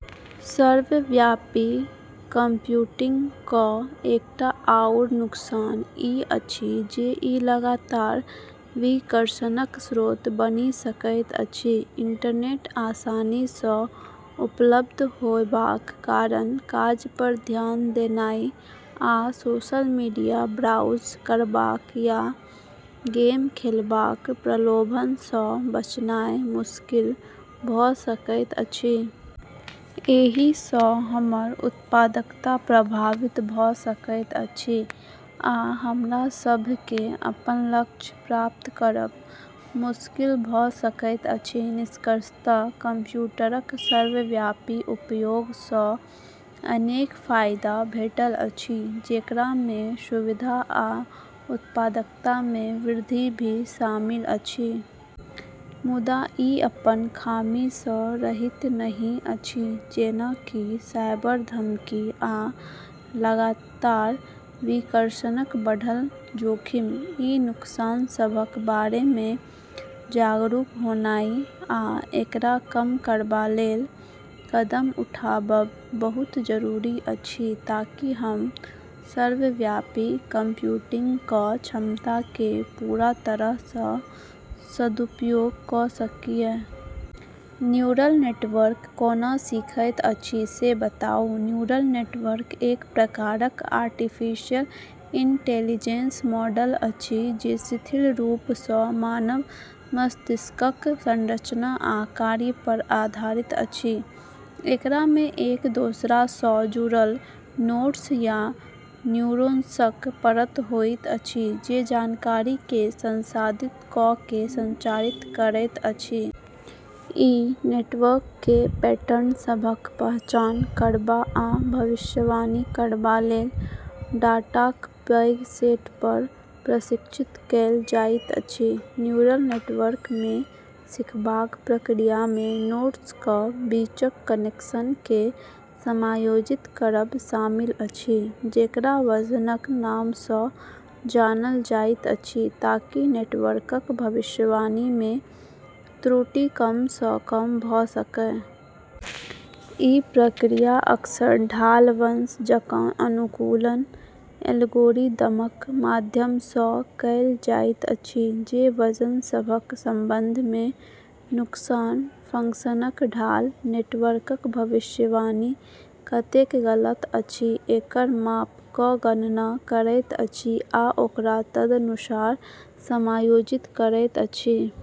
सर्वव्यापी कंप्यूटिंगक एकटा आउर नुकसान ई अछि जे ई लगातार विकर्षणक स्रोत बनि सकैत अछि। इंटरनेट आसानी सँ उपलब्ध होयबाक कारण काज पर ध्यान देनाइ आ सोशल मीडिया ब्राउज करबाक या गेम खेलबाक प्रलोभन सँ बचनाइ मुश्किल भऽ सकैत अछि। एहि सँ हमर उत्पादकता प्रभावित भऽ सकैत अछि, आ हमरा सभ केँ अपन लक्ष्य प्राप्त करब मुश्किल भऽ सकैत अछि। निष्कर्षतः कंप्यूटरक सर्वव्यापी उपयोग सँ अनेक फायदा भेटल अछि, जेकरा मे सुविधा आ उत्पादकता मे वृद्धि भी शामिल अछि। मुदा ई अपन खामी सँ रहित नहि अछि, जेना कि साइबर धमकी आ लगातार विकर्षणक बढ़ल जोखिम। ई नुकसान सभक बारे मे जागरूक होनाइ आ एकरा कम करबा लेल कदम उठाबब बहुत जरूरी अछि, ताकि हम सर्वव्यापी कंप्यूटिंगक क्षमता केँ पूरा तरह सँ सदुपयोग कऽ सकिए। न्यूरल नेटवर्क कोना सीखैत अछि से बताउ। न्यूरल नेटवर्क एक प्रकारक आर्टिफिशियल इंटेलिजेंस मॉडल अछि जे शिथिल रूप सँ मानव मस्तिष्कक संरचना आ कार्य पर आधारित अछि। एकरा मे एक दोसरा सँ जुड़ल नोड्स या न्यूरॉन्सक परत होइत अछि जे जानकारी केँ संसाधित कऽ कऽ संचारित करैत अछि। ई नेटवर्क केँ पैटर्न सभक पहचान करबा आ भविष्यवाणी करबा लेल डाटाक पैघ सेट पर प्रशिक्षित कएल जाइत अछि। न्यूरल नेटवर्क मे सीखबाक प्रक्रिया मे नोड्सक बीचक कनेक्शन केँ समायोजित करब शामिल अछि, जेकरा वजनक नाम सँ जानल जाइत अछि, ताकि नेटवर्कक भविष्यवाणी मे त्रुटि कम सँ कम भऽ सकए। ई प्रक्रिया अक्सर ढाल वंश जकाँ अनुकूलन एल्गोरिदमक माध्यम सँ कएल जाइत अछि, जे वजन सभक संबंध मे नुकसान फ़ंक्शनक ढाल (नेटवर्कक भविष्यवाणी कतेक गलत अछि एकर माप) क गणना करैत अछि आ ओकरा तदनुसार समायोजित करैत अछि।